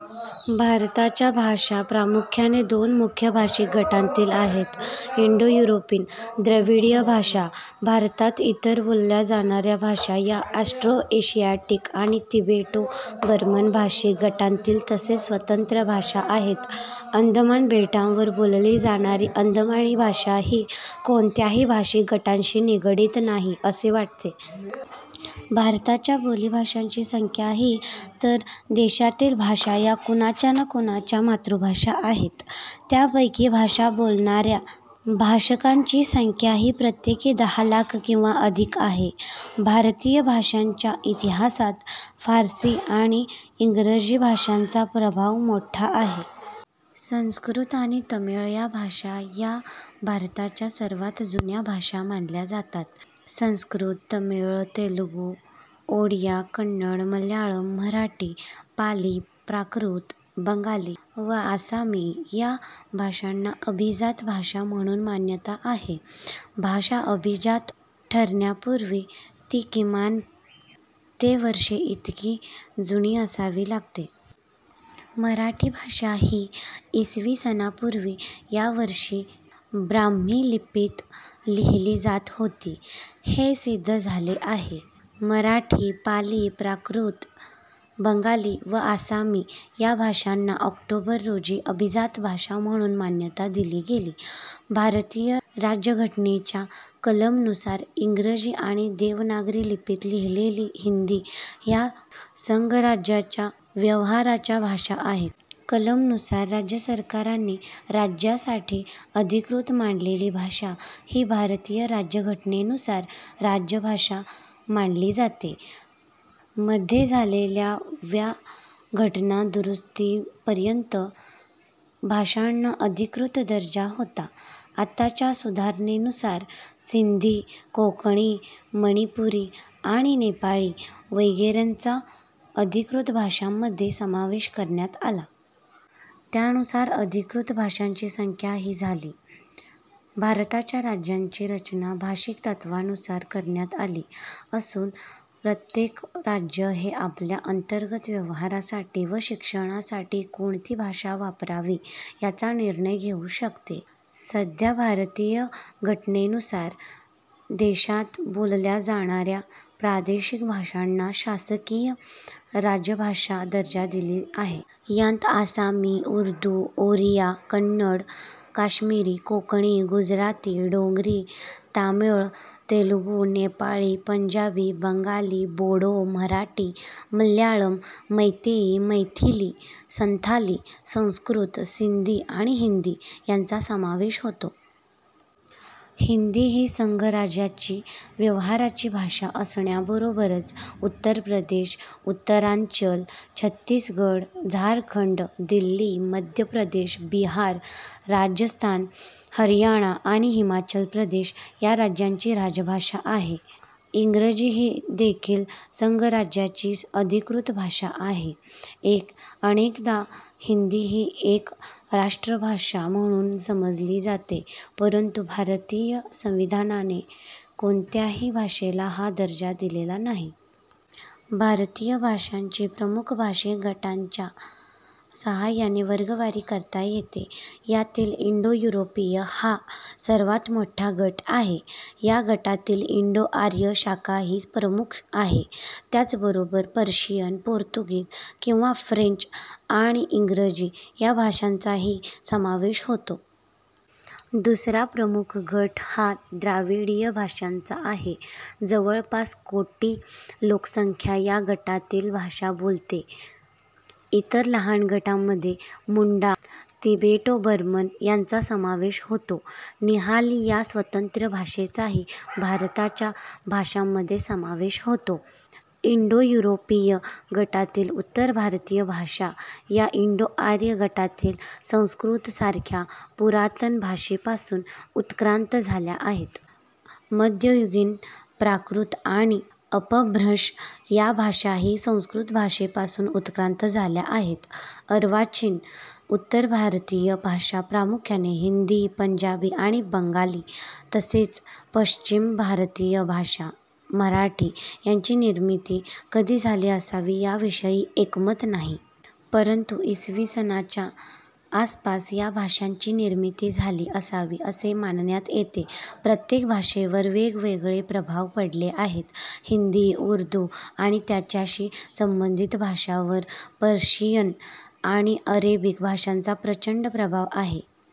भारताच्या भाषा प्रामुख्याने दोन मुख्य भाषिक गटांतील आहेत.. इंडो-युरोपीय. द्रविडीय भाषा. भारतात इतर बोलल्या जाणाऱ्या भाषा या ऑस्ट्रो-एशियाटिक आणि तिबेटो-बर्मन भाषिक गटांतील तसेच स्वतंत्र भाषा आहेत. अंदमान बेटांवर बोलली जाणारी अंदमानी भाषा ही कोणत्याही भाषिक गटांशी निगडित नाही असे वाटते. भारताच्या बोलीभाषांची संख्या ही, तर देशातील भाषा या कुणाच्याना कुणाच्या मातृभाषा आहेत. त्यांपैकी भाषा बोलणाऱ्या भाषकांची संख्या ही प्रत्येकी दहा लाख किंवा अधिक आहे. भारतीय भाषांच्या इतिहासात फारसी आणि इंग्रजी भाषांचा प्रभाव मोठा आहे. संस्कृत आणि तमिळ या भाषा या भारताच्या सर्वांत जुन्या भाषा मानल्या जातात. संस्कृत, तमिळ, तेलुगू, ओडिया, कन्नड, मल्याळम, मराठी, पाली, प्राकृत, बंगाली व आसामी या भाषांना अभिजात भाषा म्हणून मान्यता आहे. भाषा अभिजात ठरण्यापूर्वी ती किमान ते वर्षे इतकी जुनी असावी लागते. मराठी भाषा ही इसवी सनापूर्वी या वर्षी ब्राह्मी लिपीत लिहिली जात होती हे सिद्ध झाले आहे. मराठी, पाली, प्राकृत, बंगाली व आसामी या भाषांना ऑक्टोबर रोजी अभिजात भाषा म्हणून मान्यता दिली गेली. भारतीय राज्यघटनेच्या कलम नुसार इंग्रजी आणि देवनागरी लिपीत लिहिलेली हिंदी ह्या संघराज्याच्या व्यवहाराच्या भाषा आहेत. कलम नुसार राज्यसरकारांनी राज्यासाठी अधिकृत मानलेली भाषा ही भारतीय राज्यघटनेनुसार राजभाषा मानली जाते. मध्ये झालेल्या व्या घटना दुरुस्तीपर्यंत भाषांना अधिकृत दर्जा होता. आताच्या सुधारणेनुसार सिंधी, कोंकणी, मणीपुरी आणि नेपाळी वगैरेंचा अधिकृत भाषांमध्ये समावेश करण्यात आला. त्यानुसार अधिकृत भाषांची संख्या ही झाली. भारताच्या राज्यांची रचना भाषिक तत्त्वानुसार करण्यात आली असून प्रत्येक राज्य हे आपल्या अंतर्गत व्यवहारासाठी व शिक्षणासाठी कोणती भाषा वापरावी याचा निर्णय घेऊ शकते. सध्या भारतीय घटनेनुसार देशात बोलल्या जाणाऱ्या प्रादेशिक भाषांना शासकीय राजभाषेचा दर्जा दिला आहे. यांत आसामी, उर्दू, ओरिया, कन्नड, काश्मिरी, कोंकणी, गुजराती, डोगरी, तमिळ, तेलुगू, नेपाळी, पंजाबी, बंगाली, बोडो, मराठी, मल्याळम, मैतेई, मैथिली, संथाली, संस्कृत, सिंधी, आणि हिंदी, यांचा समावेश होतो. हिंदी ही संघराज्याची व्यवहाराची भाषा असण्याबरोबरच उत्तर प्रदेश, उत्तरांचल, छत्तीसगढ, झारखंड, दिल्ली, मध्य प्रदेश, बिहार, राजस्थान, हरियाणा आणि हिमाचल प्रदेश या राज्यांची राजभाषा आहे. इंग्रजी ही देखील संघराज्याची अधिकृत भाषा आहे. अनेकदा हिंदी ही एक राष्ट्रभाषा म्हणून समजली जाते परंतु भारतीय संविधानाने कोणत्याही भाषेला हा दर्जा दिलेला नाही. भारतीय भाषांची प्रमुख भाषिक गटांच्या साहाय्याने वर्गवारी करता येते. यातील इंडो-यूरोपीय हा सर्वांत मोठा गट आहे. या गटातील इंडो-आर्य शाखा ही प्रमुख आहे.. त्याबरोबरच पर्शियन, पोर्तुगीज किंवा फ्रेंच आणि इंग्रजी या भाषांचाही समावेश होतो. दुसरा प्रमुख गट हा द्रविडीय भाषांचा आहे. जवळपास कोटी लोकसंख्या या गटातील भाषा बोलते. इतर लहान गटांमध्ये मुंडा, तिबेटो-बर्मन यांचा समावेश होतो. निहाली या स्वतंत्र भाषेचाही भारताच्या भाषांमध्ये समावेश होतो. इंडो-युरोपीय गटातील उत्तर भारतीय भाषा या इंडो-आर्य गटातील संस्कृत सारख्या पुरातन भाषेपासून उत्क्रांत झाल्या आहेत. मध्ययुगीन प्राकृत आणि अपभ्रंश या भाषाही संस्कृत भाषेपासून उत्क्रांत झाल्या आहेत. अर्वाचीन उत्तर भारतीय भाषा प्रामुख्याने हिंदी, पंजाबी आणि बंगाली तसेच पश्चिम भारतीय भाषा मराठी यांची निर्मिती कधी झाली असावी याविषयी एकमत नाही. परंतु इ. स. च्या आसपास या भाषांची निर्मिती झाली असावी असे मानण्यात येते. प्रत्येक भाषेवर वेगवेगळे प्रभाव पडले आहेत. हिंदी/उर्दू आणि त्याच्याशी संबंधित भाषांवर पर्शियन आणि अरेबिक भाषांचा प्रचंड प्रभाव आहे.